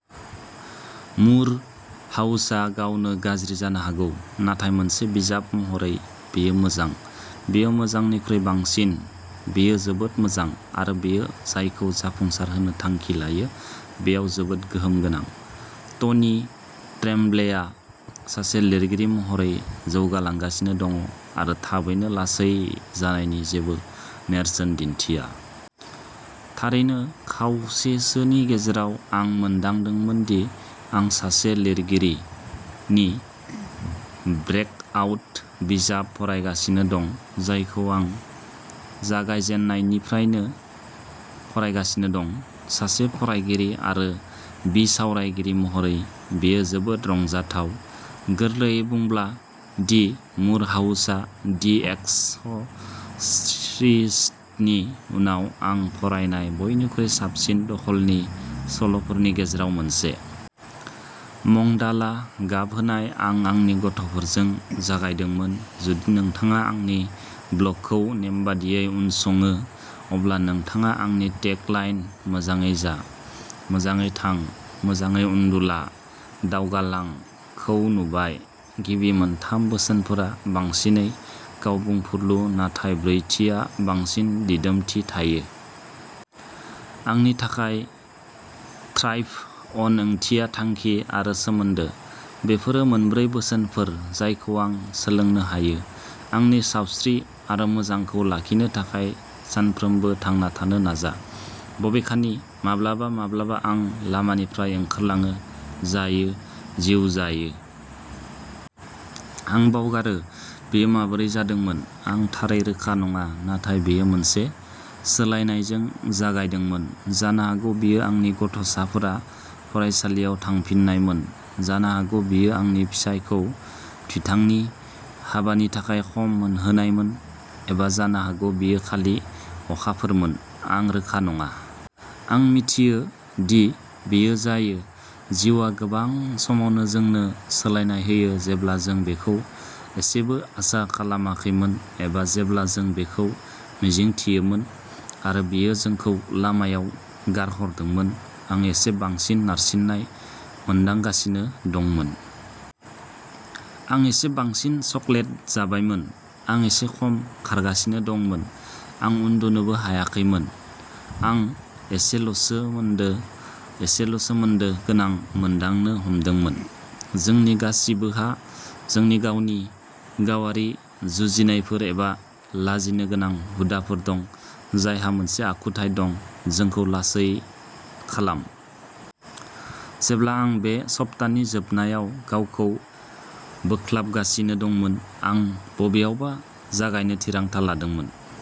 मुर हाउसआ गावनो गाज्रि जानो हागौ, नाथाय मोनसे बिजाब महरै बेयो मोजां। बेयो मोजांनिख्रुइ बांसिन-बेयो जोबोद मोजां, आरो बेयो जायखौ जाफुंसारहोनो थांखि लायो बेयाव जोबोद गोहोम गोनां। टनि ट्रेम्ब्लेआ सासे लिरगिरि महरै जौगालांगासिनो दं आरो थाबैनो लासै जानायनि जेबो नेरसोन दिन्थिया। थारैनो, खावसेसोनि गेजेराव, आं मोनदांदोंमोन दि आं सासे लिरगिरिनि ब्रेकआउट बिजाब फरायगासिनो दं, जायखौ आं जागायजेननायनिफ्रायनो फरायगासिनो दं। सासे फरायगिरि आरो बिसावरायगिरि महरै, बेयो जोबोद रंजाथाव। गोरलैयै बुंब्ला, दि मुर हाउसआ दि एक्स'र्सिस्टनि उनाव आं फरायनाय बयनिख्रुइ साबसिन दखलनि सल'फोरनि गेजेराव मोनसे। मंडाला गाब होनाय आं आंनि गथ'फोरजों जागायदोंमोन। जुदि नोंथाङा आंनि ब्लगखौ नेमबादियै उनसङो, अब्ला नोंथाङा आंनि टेग लाइन "मोजाङै जा। मोजाङै थां। मोजाङै उन्दुला। दावगालां। " खौ नुबाय। गिबि मोनथाम बोसोनफोरा बांसिनै गाव-बुंफुरलु, नाथाय ब्रैथिआ बांसिन दिदोमथि थायो। आंनि थाखाय, थ्राइभ अन ओंथिया थांखि आरो सोमोन्दो। बेफोरो मोनब्रै बोसोनफोर जायखौ आं सोलोंनो हायो। आंनि सावस्रि आरो मोजांखौ लाखिनो थाखाय सानफ्रोमबो थांना थानो नाजा। बबेखानि, माब्लाबा-माब्लाबा आं लामानिफ्राय ओंखारलाङो। जायो। जिउ जायो। आं बावगारो। बेयो माबोरै जादोंमोन? आं थारै रोखा नङा, नाथाय बेयो मोनसे सोलायनायजों जागायदोंमोन। जानो हागौ बेयो आंनि गथ'साफोरा फरायसालियाव थांफिन्नायमोन, जानो हागौ बेयो आंनि फिसायखौ बिथांनि हाबानि थाखाय खम मोनहोनायमोन, एबा जानो हागौ बेयो खालि अखाफोरमोन, आं रोखा नङा। आं मिथियो, दि बेयो जायो। जिउआ गोबां समावनो जोंनो सोलायनाय होयो जेब्ला जों बेखौ एसेबो आसा खालामाखैमोन एबा जेब्ला जों बेखौ मिजिंथियोमोन आरो बेयो जोंखौ लामायाव गारहरदोंमोन। आं एसे बांसिन नारसिननाय मोनदांगासिनो दंमोन। आं एसे बांसिन चकलेट जाबायमोन। आं एसे खम खारगासिनो दंमोन। आं उन्दुनोबो हायाखैमोन। आं एसेल'सो एसेल'सोमोन्दो गोनां मोनदांनो हमदोंमोन। जोंनि गासिबोहा जोंनि गावनि गावारि जुजिनायफोर एबा लाजिनोगोनां हुदाफोर दं जायहा मोनसे आखुथाय दं। जोंखौ लासै खालाम। जेब्ला आं बे सप्तानि जोबनायाव गावखौ बोख्लाबगासिनो दंमोन, आं बबेयावबा जागायनो थिरांथा लादोंमोन।